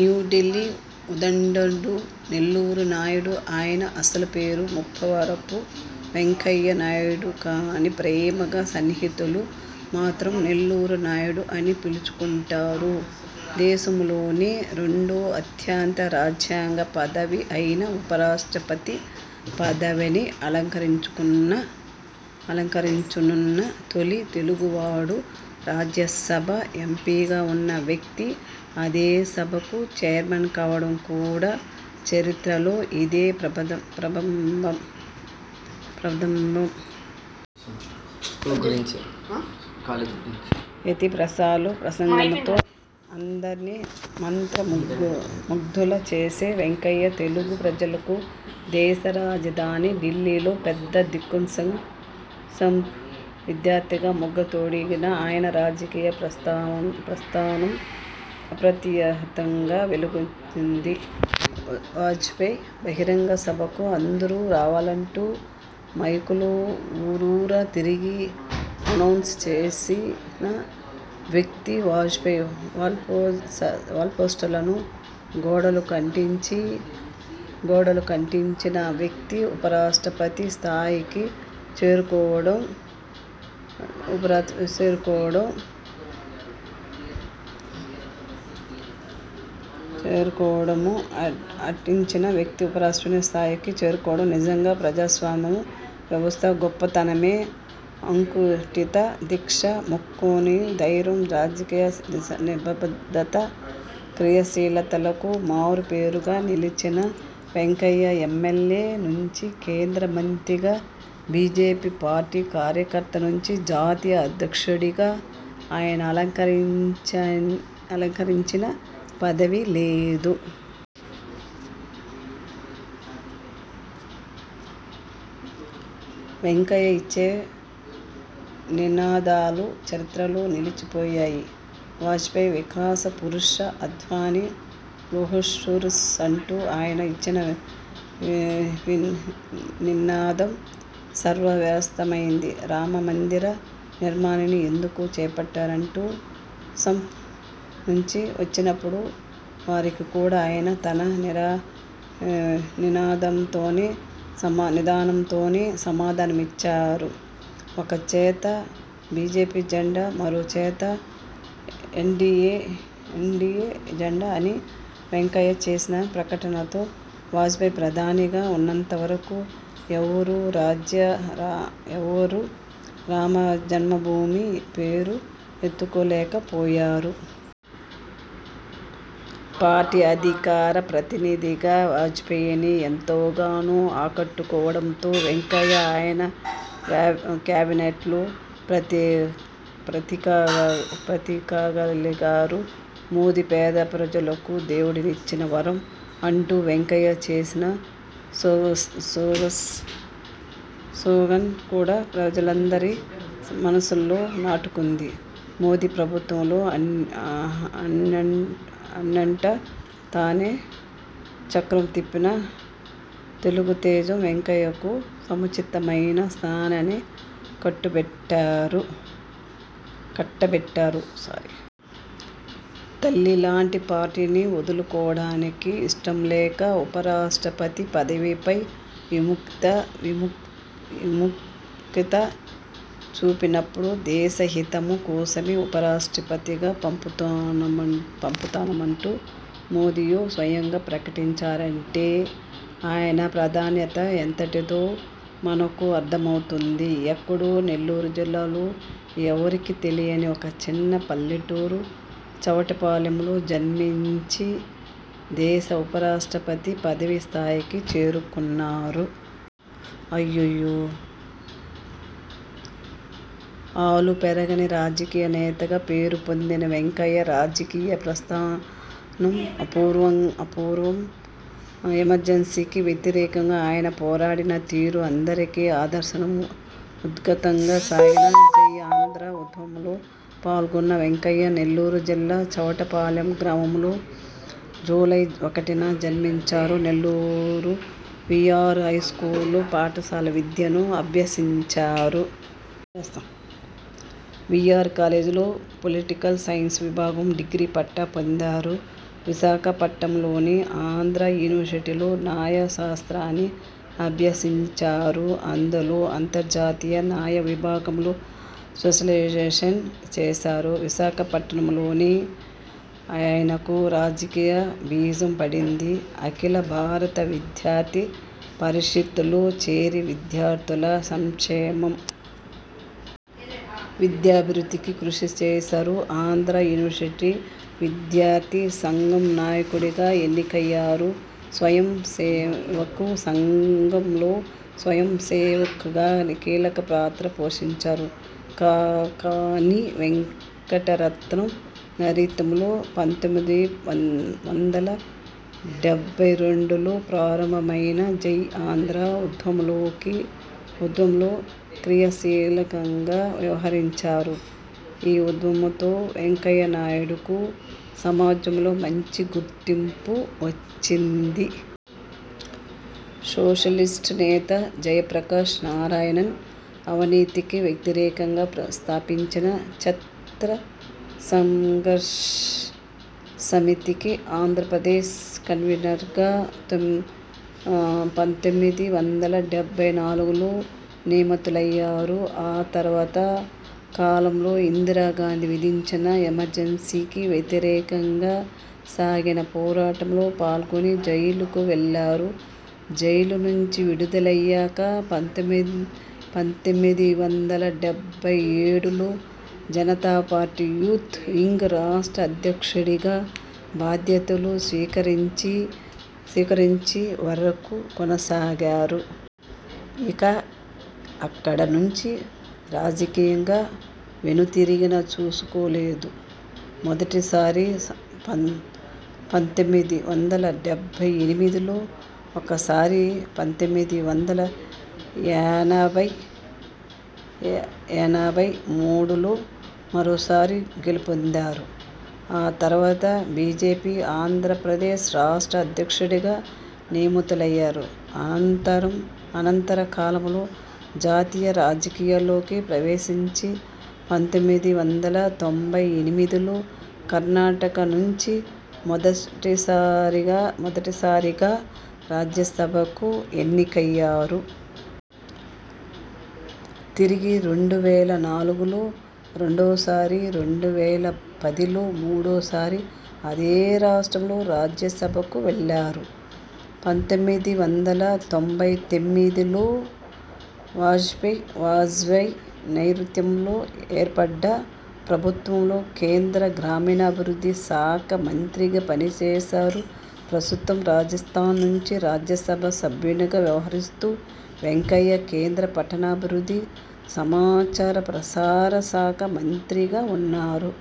న్యూఢిల్లీ ఉద్దండుడు నెల్లూరు నాయుడు ఆయన అసలు పేరు ముప్పవరపు వెంకయ్య నాయుడుకానీ ప్రేమగా సన్నిహితులు మాత్రం నెల్లూరు నాయుడు అని పిలుచుకుంటారు. దేశంలోనే రెండో అత్యున్నత రాజ్యంగ పదవి అయిన ఉపరాష్ట్రపతి పదవిని అలంకరించనున్న తొలి తెలుగువాడు. రాజ్యసభ ఎంపీగా ఉన్న వ్యక్తి అదే సభకు ఛైర్మన్ కావడం కూడా చరిత్రలో ఇదే ప్రధమం. యతి, ప్రాసల ప్రసంగంతో అందర్నీ మంత్ర ముగ్ధులు చేసే వెంకయ్య తెలుగు ప్రజలకు దేశరాజధాని ఢిల్లీలో పెద్ద దిక్కుసంఘ్ విద్యార్ధిగా మొగ్గ తొడిగిన ఆయన రాజకీయ ప్రస్థానం అప్రతిహతంగా వెలుగొందింది. వాజ్పేయి బహిరంగ సభకు అందరూ రావాలంటూ మైకులో ఊరూరా తిరిగి ఎనౌన్స్ చేసిన వ్యక్తి, వాజ్పేయి వాల్పోస్టర్లను గోడలకు అంటించిన వ్యక్తి, ఉపరాష్ట్రపతి స్థాయికి చేరుకోవడం నిజంగా ప్రజాస్వామ్య వ్యవస్థ గొప్పతనమే అంకుఠిత దీక్ష, మొక్కవోని ధైర్యం, రాజకీయ నిబద్ధత, క్రియాశీలతలకు మారు పేరుగా నిలిచిన వెంకయ్య ఎమ్మెల్యే నుంచి కేంద్ర మంత్రిగా బీజేపీ పార్టీ కార్యకర్త నుంచి జాతీయ అధ్యక్షుడిగా ఆయన అలకరించని పదవి లేదు. వెంకయ్య ఇచ్చే నినాదాలు చరిత్రలో నిలిచిపోయాయి. వాజ్పేయి వికాస్ పురుష్, అద్వానీ లోహ్పురుష్ అంటూ ఆయన ఇచ్చిన నినాదం సర్వవ్యాప్తమైంది. రామమందిర నిర్మాణాన్ని ఎందుకు చేపట్టరంటూ సంఘ్ నుంచి వచ్చినప్పుడు వారికి కూడా ఆయన తన నినాదంతోనే సమాధానమిచ్చారు. ఒక చేత బిజెపి జెండా, మరో చేత ఎన్డిఏ ఎజెండా అని వెంకయ్య చేసిన ప్రకటనతో వాజ్పేయి ప్రధానిగా ఉన్నంతవరకూ ఎవరూ రామజన్మభూమి పేరు ఎత్తలేకపోయారు. పార్టీ అధికార ప్రతినిధిగా వాజ్పేయిని ఎంతగానో ఆకట్టుకోవడంతో వెంకయ్య ఆయన క్యాబినెట్లో ప్రతి కాగలిగారు. మోదీ పేద ప్రజలకు దేవుడిచ్చిన వరం అంటూ వెంకయ్య చేసిన స్లోగన్ కూడా ప్రజలందరి మనస్సుల్లో నాటుకుంది. మోదీ ప్రభుత్వంలో అన్నింటా తానై చక్రం తిప్పిన తెలుగు తేజం వెంకయ్యకు సముచితమైన స్థానాన్ని కట్టబెట్టారు. తల్లిలాంటి పార్టీని వదులుకోవడానికి ఇష్టం లేక ఉపరాష్ట్రపతి పదవిపై విముఖత చూపినప్పుడు దేశ హితం కోసమే ఉపరాష్ట్రపతిగా పంపుతున్నామంటూ మోదీయే స్వయంగా ప్రకటించారంటే ఆయన ప్రాధాన్యత ఎంతటితో మనకు అర్ధమవుతుంది. ఎక్కడో నెల్లూరు జిల్లాలో ఎవరికీ తెలియని ఒక చిన్న పల్లెటూరు చవటపాలెంలో జన్మించి దేశ ఉప రాష్ట్రపతి పదవి స్థాయికి చేరుకున్నారు. అలుపెరగని రాజకీయ నేతగా పేరు పొందిన వెంకయ్య రాజకీయ ప్రస్థానం అపూర్వం. ఎమర్జెన్సీకి వ్యతిరేకంగా ఆయన పోరాడిన తీరు అందరికి ఆదర్శం. ఉధృతంగా సాగిన జైఆంధ్ర ఉద్యమంలో పాల్గొన్న వెంకయ్య నెల్లూరు జిల్లా చవటపాలెం గ్రామంలో జూలై ఒకటిన జన్మించారు. నెల్లూరు వీఆర్ హైస్కూలులో పాఠశాల విద్యను అభ్యసించారు. వీఆర్ కాలేజీలో పొలిటికల్ సైన్స్ విభాగం డిగ్రీ పట్టా పొందారు. విశాఖపట్టణంలోని ఆంధ్రా యూనివర్సిటీలో న్యాయ శాస్త్రాన్ని అభ్యసించారు. అందులో అంతర్జాతీయ న్యాయ విభాగంలో స్పెషలైజేషన్ చేశారు. విశాఖపట్టణంలోనే ఆయనకు రాజకీయ బీజం పడింది. అఖిల భారత విద్యార్థి పరిషత్ లో చేరి విద్యార్థుల సంక్షేమం. విద్యాభివృద్ధికి కృషి చేశారు. ఆంధ్రా యూనివర్సిటీ విద్యార్థి సంఘం నాయకునిగా ఎన్నికయ్యారు. స్వయం సేవక్ సంఘ్ లో స్వయం సేవక్ గా కీలక పాత్ర పోషించారు. కాకాని వెంకటరత్నం నేతృత్వంలో పంతొమ్మిది వందల డెబ్బై రెండులో ప్రారంభమైన జై ఆంధ్ర ఉద్యమంలో క్రియాశీలకంగా వ్యవహరించారు. ఈ ఉద్యమంతో వెంకయ్య నాయుడుకు సమాజంలో మంచి గుర్తింపు వచ్చింది. సోషలిస్టు నేత జయప్రకాశ్ నారాయణ్ అవినీతికి వ్యతిరేకంగా స్థాపించిన ఛత్ర సంఘర్ష్ సమితికి ఆంధ్ర ప్రదేశ్ కన్వీనర్గా పంతొమ్మిది వందల డెబ్బై నాలుగులో నియమితులయ్యారు. ఆ తర్వాత కాలంలో ఇందిరా గాంధీ విధించిన ఎమర్జెన్సీకి వ్యతిరేకంగా సాగిన పోరాటంలో పాల్గొని జైలుకు వెళ్లారు. జైలు నుంచి విడుదలయ్యాక పంతొమ్మిది వందల డెబ్బై ఏడులో జనతా పార్టీ యూత్ వింగ్ రాష్ట్ర అధ్యక్షుడుగా బాధ్యతలు స్వీకరించి వరకు కొనసాగారు. ఇక అక్కడి నుంచి రాజకీయంగా వెనుదిరిగి చూసుకోలేదు. మొదటి సారి పంతొమ్మిది వందల డెబ్బై ఎనిమిదిలో ఒకసారి, పంతొమ్మిది వందల ఎనభై మూడులో మరోసారి గెలుపొందారు. ఆ తర్వాత బీజేపీ ఆంధ్ర ప్రదేశ్ రాష్ట్ర అధ్యక్షుడిగా నియమితులయ్యారు. అనంతర కాలంలో జాతీయ రాజకీయాల్లోకి ప్రవేశించి పంతొమ్మిది వందల తొంభై ఎనిమిదిలో కర్నాటక నుంచి మొదటిసారిగా రాజ్యసభకు ఎన్నికయ్యారు. తిరిగి రెండు వేల నాలుగులో రెండోసారి, రెండు వేల పదిలో మూడు సారి అదే రాష్ట్రంలో రాజ్యసభకు వెళ్లారు. పంతొమ్మిది వందల తొంభై తొమ్మిదిలో వాజ్వేయి నేతృత్వంలో ఏర్పడ్డ ప్రభుత్వంలో కేంద్ర గ్రామీణాభివృద్ధి శాఖ మంత్రిగా పని చేశారు. ప్రస్తుతం రాజస్థాన్ నుంచి రాజ్యసభ సభ్యునిగా వ్యవహరిస్తున్న వెంకయ్య కేంద్ర పట్టణాభివృద్ధి, సమాచార, ప్రసార శాఖ మంత్రిగా ఉన్నారు.